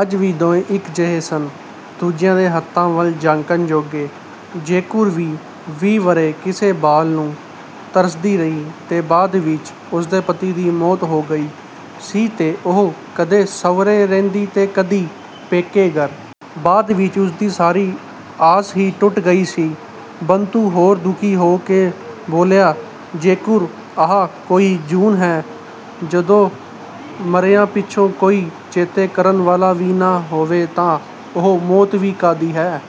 ਅੱਜ ਵੀ ਦੋਏਂ ਇੱਕ ਜਿਹੇ ਸਨ ਦੂਜਿਆ ਦੇ ਹੱਥਾਂ ਵੱਲ ਝਾਕਣ ਜੋਗੇ। ਜੈਕੁਰ ਵੀ ਵੀਹ ਵਰ੍ਹੇ ਕਿਸੇ ਬਾਲ ਨੂੰ ਤਰਸਦੀ ਰਹੀ ਤੇ ਬਾਅਦ ਵਿੱਚ ਉਸਦੇ ਪਤੀ ਦੀ ਮੌਤ ਹੋ ਗਈ ਸੀ ਤੇ ਉਹ ਕਦੇ ਸਹੁਰੇ ਰਹਿੰਦੀ ਤੇ ਕਦੀ ਪੇਕੇ ਘਰ। ਬਾਅਦ ਵਿੱਚ ਉਸਦੀ ਸਾਰੀ ਆਸ ਹੀ ਟੁੱਟ ਗਈ ਸੀ। ਬੰਤੂ ਹੋਰ ਦੁੱਖੀ ਹੋ ਕੇ ਬੋਲਿਆ ਜੈਕੁਰ ਆਹ ਕੋਈ ਜੂਨ ਹੈ। ਜਦੋਂ ਮਰਿਆਂ ਪਿੱਛੋਂ ਕੋਈ ਚੇਤੇ ਕਰਨ ਵਾਲਾ ਵੀ ਨਾ ਹੋਵੇ ਤਾਂ ਉਹ ਮੌਤ ਵੀ ਕਾਹਦੀ ਹੈ।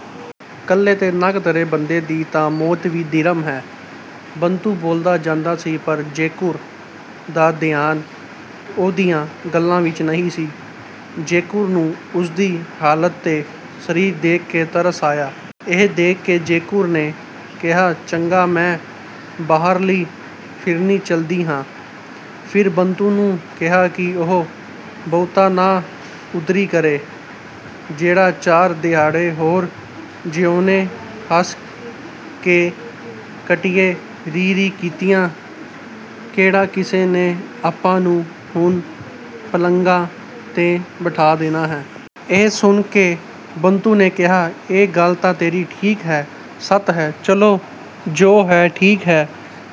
ਕੱਲੇ ਤੇ ਨਕਦਰੇ ਬੰਦੇ ਦੀ ਤਾਂ ਮੌਤ ਵੀ ਧਿਰਮ ਹੈ। ਬੰਤੂ ਬੋਲਦਾ ਜਾਂਦਾ ਸੀ ਪਰ ਜੈਕੁਰ ਦਾ ਧਿਆਨ ਉਹਦੀਆਂ ਗੱਲਾਂ ਵਿੱਚ ਨਹੀਂ ਸੀ। ਜੈਕੁਰ ਨੂੰ ਉਸਦੀ ਹਾਲਤ ਤੇ ਸਰੀਰ ਦੇਖ ਕੇ ਤਰਸ ਆਇਆ। ਇਹ ਦੇਖ ਕੇ ਜੈਕੁਰ ਨੇ ਕਿਹਾ ਚੰਗਾ ਮੈਂ ਬਾਹਰਲੀ ਫਿਰਨੀ ਚਲਦੀ ਹਾਂ। ਫਿਰ ਬੰਤੂ ਨੂੰ ਕਿਹਾ ਕਿ ਉਹ ਬਹੁਤਾ ਨਾ ਉਦਰੀ ਕਰੇ। ਜਿਹੜੇ ਚਾਰ ਦਿਹਾੜੇ ਹੋਰ ਜੀਉਣੇ ਹੱਸ ਕੇ ਕੱਟੀਏ ਰੀਂ ਰੀਂ ਕੀਤੀਆਂ ਕਿਹੜਾ ਕਿਸੇ ਨੇ ਆਪਾਂ ਨੂੰ ਹੁਣ ਪਲੰਘਾਂ ਤੇ ਬਠਾ ਦੇਣਾ ਹੈ। ਇਹ ਸੁਣ ਕੇ ਬੰਤੂ ਨੇ ਕਿਹਾ ਇਹ ਗੱਲ ਤਾਂ ਤੇਰੀ ਠੀਕ ਹੈ। ਸੱਤ ਹੈ। ਚੱਲੋ ਜੋ ਹੈ ਠੀਕ ਹੈ।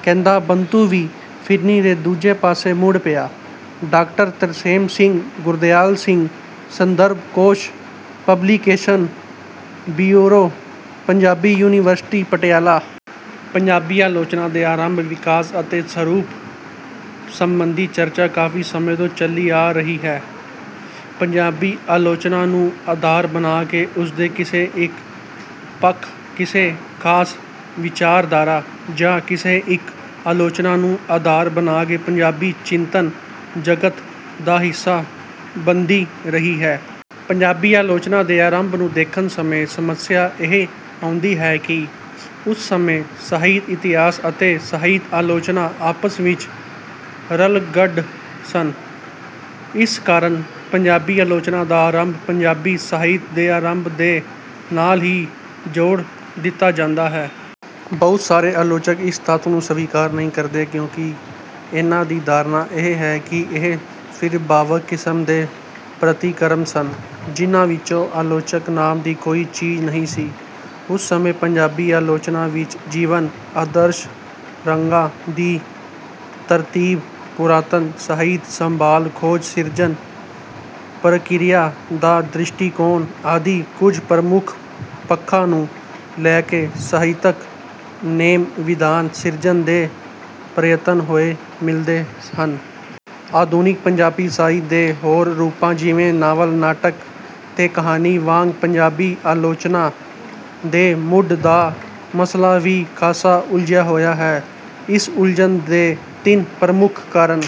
ਕਹਿੰਦਾ ਬੰਤੂ ਵੀ ਫਿਰਨੀ ਦੇ ਦੂਜੇ ਪਾਸੇ ਮੁੜ ਪਿਆ। ਡਾਕਟਰ ਤਰਸੇਮ ਸਿੰਘ ਗੁਰਦਿਆਲ ਸਿੰਘ ਸੰਦਰਭ ਕੋਸ਼ publication bureau Punjabi university Patiala. Punjabi ਆਲੋਚਨਾ ਦੇ ਆਰੰਭ ਵਿਕਾਸ ਅਤੇ ਸਰੂਪ ਸੰਬੰਧੀ ਚਰਚਾ ਕਾਫ਼ੀ ਸਮੇਂ ਤੋਂ ਚੱਲੀ ਆ ਰਹੀ ਹੈ। ਪੰਜਾਬੀ ਆਲੋਚਨਾ ਨੂੰ ਆਧਾਰ ਬਣਾ ਕੇ ਉਸਦੇ ਕਿਸੇ ਇੱਕ ਪੱਖ ਕਿਸੇ ਖਾਸ ਵਿਚਾਰਧਾਰਾ ਜਾਂ ਕਿਸੇ ਇੱਕ ਆਲੋਚਨਾ ਨੂੰ ਆਧਾਰ ਬਣਾ ਕੇ ਪੰਜਾਬੀ ਚਿੰਤਨ ਜਗਤ ਦਾ ਹਿੱਸਾ ਬਣਦੀ ਰਹੀ ਹੈ। ਪੰਜਾਬੀ ਆਲੋਚਨਾ ਦੇ ਆਰੰਭ ਨੂੰ ਦੇਖਣ ਸਮੇਂ ਸਮੱਸਿਆ ਇਹ ਆਉਂਦੀ ਹੈ ਕਿ ਉਸ ਸਮੇਂ ਸਾਹਿਤ ਇਤਿਹਾਸ ਅਤੇ ਸਾਹਿਤ ਆਲੋਚਨਾ ਆਪਸ ਵਿੱਚ ਰਲਗੱਡ ਸਨ। ਇਸ ਕਾਰਨ ਪੰਜਾਬੀ ਆਲੋਚਨਾ ਦਾ ਆਰੰਭ ਪੰਜਾਬੀ ਸਾਹਿਤ ਦੇ ਆਰੰਭ ਦੇ ਨਾਲ ਹੀ ਜੋੜ ਦਿੱਤਾ ਜਾਂਦਾ ਹੈ। ਬਹੁਤ ਸਾਰੇ ਆਲੋਚਕ ਇਸ ਤੱਥ ਨੂੰ ਸਵੀਕਾਰ ਨਹੀਂ ਕਰਦੇ ਕਿਉਂਕਿ ਇਨ੍ਹਾਂ ਦੀ ਧਾਰਨਾ ਇਹ ਹੈ ਕਿ ਇਹ ਸਿਰਫ ਭਾਵਕ ਕਿਸਮ ਦੇ ਪ੍ਰਤਿਕਰਮ ਸਨ। ਜਿਨ੍ਹਾਂ ਵਿੱਚੋਂ ਆਲੋਚਕ ਨਾਮ ਦੀ ਕੋਈ ਚੀਜ਼ ਨਹੀਂ ਸੀ। ਉਸ ਸਮੇਂ ਪੰਜਾਬੀ ਆਲੋਚਨਾ ਵਿੱਚ ਜੀਵਨ ਆਦਰਸ਼ ਰਾਗਾਂ ਦੀ ਤਰਤੀਬ ਪੁਰਾਤਨ ਸਾਹਿਤ ਸੰਭਾਲ ਖੋਜ ਸਿਰਜਣ ਪ੍ਰਕਿਰਿਆ ਦਾ ਦ੍ਰਿਸ਼ਟੀਕੋਣ ਆਦਿ ਕੁੱਝ ਪ੍ਰਮੁੱਖ ਪੱਖਾਂ ਨੂੰ ਲੈ ਕੇ ਸਾਹਿਤਕ ਨੇਮ ਵਿਧਾਨ ਸਿਰਜਣ ਦੇ ਪ੍ਰਯਤਨ ਹੋਏ ਮਿਲਦੇ ਹਨ। ਆਧੁਨਿਕ ਪੰਜਾਬੀ ਸਾਹਿਤ ਦੇ ਹੋਰ ਰੂਪਾਂ ਜਿਵੇਂ ਨਾਵਲ ਨਾਟਕ ਤੇ ਕਹਾਣੀ ਵਾਂਗ ਪੰਜਾਬੀ ਆਲੋਚਨਾ ਦੇ ਮੁੱਢ ਦਾ ਮਸਲਾ ਵੀ ਖਾਸਾ ਉਲਝਿਆ ਹੋਇਆ ਹੈ। ਇਸ ਉਲਝਣ ਦੇ ਤਿੰਨ ਪ੍ਰਮੁੱਖ ਕਾਰਨ